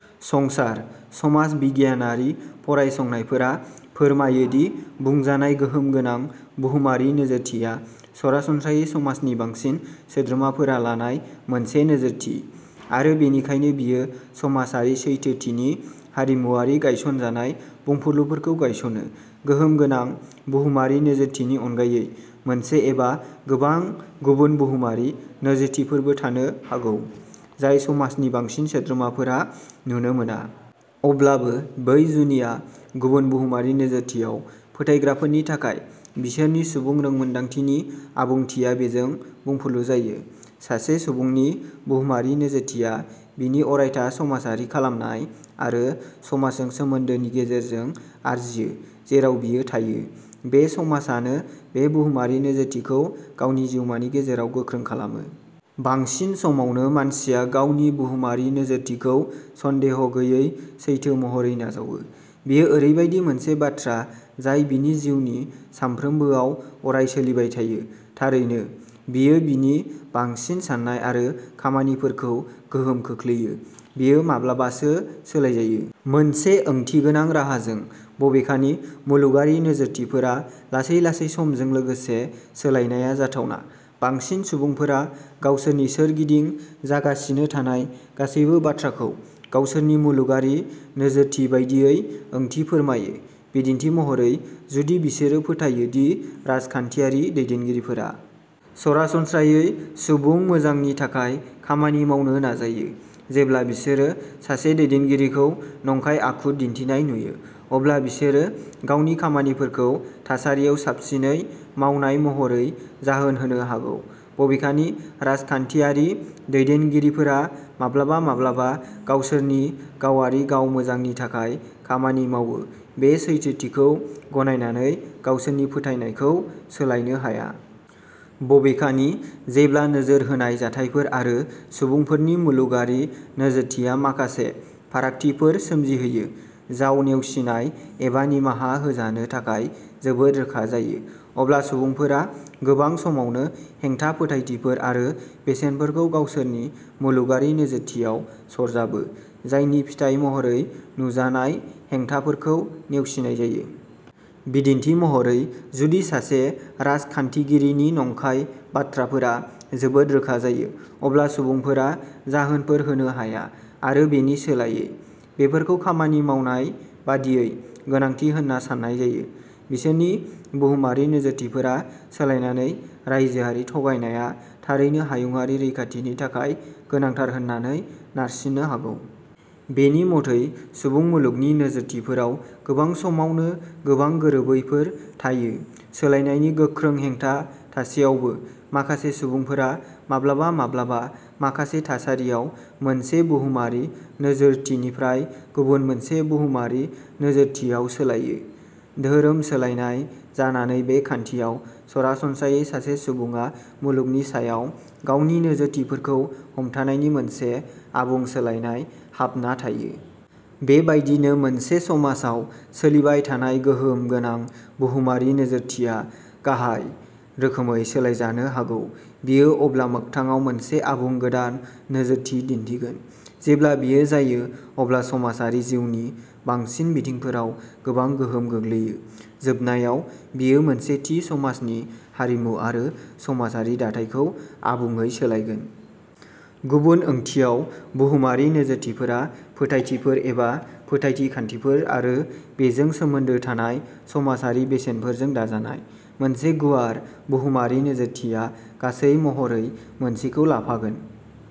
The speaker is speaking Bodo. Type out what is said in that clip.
संसार, समाज बिगियानारि फरायसंनायफोरा फोरमायो दि बुंजानाय गोहोम गोनां बुहुमारि नोजोरथिया सरासनस्रायै समाजनि बांसिन सोद्रोमाफोरा लानाय मोनसे नोजोरथि, आरो बेनिखायनो बेयो समाजारि सैथोथिनि हारिमुआरि गनायजानाय बुंफुरलुफोरखौ गायसनो। गोहोम गोनां बुहुमारि नोजोरथिनि अनगायै, मोनसे एबा गोबां गुबुन बुहुमारि नोजोरथिफोरबो थानो हागौ, जाय समाजनि बांसिन सोद्रोमाफोरा नुनो मोना। अब्लाबो, बै जुनिया गुबुन बुहुमारि नोजोरथियाव फोथायग्राफोरनि थाखाय, बिसोरनि सुबुं रोंमोन्दांथिनि आबुंथिया बेजों बुंफुरलु जायो। सासे सुबुंनि बुहुमारि नोजोरथिया बिनि अरायथा समाजआरि खालामनाय आरो समाजजों सोमोनदोनि गेजेरजों आरजियो जेराव बियो थायो। बे समाजानो बे बुहुमारि नोजोरथिखौ गावनि जिउमानि गेजेराव गोख्रों खालामो। बांसिन समावनो, मानसिया गावनि बुहुमारि नोजोरथिखौ सन्देह गैयै सैथो महरै नाजावो। बेयो ओरैबायदि मोनसे बाथ्रा जाय बिनि जिउनि सानफ्रोमबोआव अराय-सोलिबाय थायो। थारैनो, बेयो बिनि बांसिन साननाय आरो खामानिफोरखौ गोहोम खोख्लैयो। बेयो माब्लाबासो सोलायजायो। मोनसे ओंथिगोनां राहाजों। बबेखानि, मुलुगारि नोजोरथिफोरा लासै-लासै समजों लोगोसे सोलायनाया जाथावना। बांसिन सुबुंफोरा गावसोरनि सोरगिदिं जागासिनो थानाय गासैबो बाथ्राखौ गावसोरनि मुलुगारि नोजोरथि बायदियै ओंथि फोरमायो। बिदिन्थि महरै, जुदि बिसोरो फोथायो दि राजखान्थियारि दैदेनगिरिफोरा सरासनस्रायै सुबुं मोजांनि थाखाय खामानि मावनो नाजायो, जेब्ला बिसोरो सासे दैदेनगिरिखौ नंखाय आखु दिन्थिनाय नुयो, अब्ला बिसोरो गावनि खामानिफोरखौ थासारियाव साबसिनै मावनाय'महरै जाहोन होनो हागौ, बबेखानि राजखान्थियारि दैदेनगिरिफोरा माब्लाबा-माब्लाबा गावसोरनि गावारि गाव मोजांनि थाखाय खामानि मावो बे सैथोथिखौ गनायनानै गावसोरनि फोथायनायखौ सोलायनो हाया। बबेखानि, जेब्ला नोजोर होनाय जाथायफोर आरो सुबुंफोरनि मुलुगारि नोजोरथिया माखासे फारागथिफोर सोमजिहोयो जाय नेवसिनाय एबा निमाहा होजानो थाखाय जोबोद रोखा जायो, अब्ला सुबुंफोरा गोबां समावनो हेंथा फोथायथिफोर आरो बेसेनफोरखौ गावसोरनि मुलुगारि नोजोरथियाव सरजाबो जायनि फिथाय महरै नुजानाय हेंथाफोरखौ नेवसिनाय जायो। बिदिन्थि महरै, जुदि सासे राजखान्थिगिरिनि नंखाय बाथ्राफोरा जोबोद रोखा जायो, अब्ला सुबुंफोरा जाहोनफोर होनो हाया आरो बेनि सोलायै। बेफोरखौ खामानि मावनाय बादियै गोनांथि होन्ना सान्नाय जायो। बिसोरनि बुहुमारि नोजोरथिफोरा सोलायनानै राइजोआरि थगायनाया थारैनो'हायुंआरि रैखाथि'नि थाखाय गोनांथार होननानै नारसिननो हागौ। बेनि मथै सुबुं मुलुगनि नोजोरथिफोराव गोबां समावनो गोबां गोरोबैफोर थायो। सोलायनायनि गोख्रों हेंथा थासेयावबो माखासे सुबुंफोरा माब्लाबा माब्लाबा माखासे थासारियाव मोनसे बुहुमारि नोजोरथिनिफ्राय गुबुन मोनसे बुहुमारि नोजोरथियाव सोलायो।'धोरोम सोलायनाय जानानै बे खान्थियाव सरासनस्रायै सासे सुबुङा मुलुगनि सायाव गावनि नोजोरथिफोरखौ हमथानायनि मोनसे आबुं सोलायनाय हाबना थायो। बेबायदिनो मोनसे समाजाव सोलिबाय थानाय गोहोम गोनां बुहुमारि नोजोरथिया गाहाय रोखोमै सोलायजानो हागौ। बेयो अब्ला मोगथाङाव मोनसे आबुङै गोदान नोजोरथि दिन्थिगोन। जेब्ला बेयो जायो, अब्ला समाजारि जिउनि बांसिन बिथिंफोराव गोबां गोहोम गोग्लैयो। जोबनायाव, बेयो मोनसे थि समाजनि हारिमु आरो समाजारि दाथायखौ आबुङै सोलायगोन। गुबुन ओंथियाव, बुहुमारि नोजोरथिफोरा फोथायथिफोर एबा फोथायथि खान्थिफोर आरो बेजों सोमोन्दो थानाय समाजारि बेसेनफोरजों दाजानाय। मोनसे गुवार बुहुमारि नोजोरथिया, गासै महरै मोनसेखौ लाफागोन।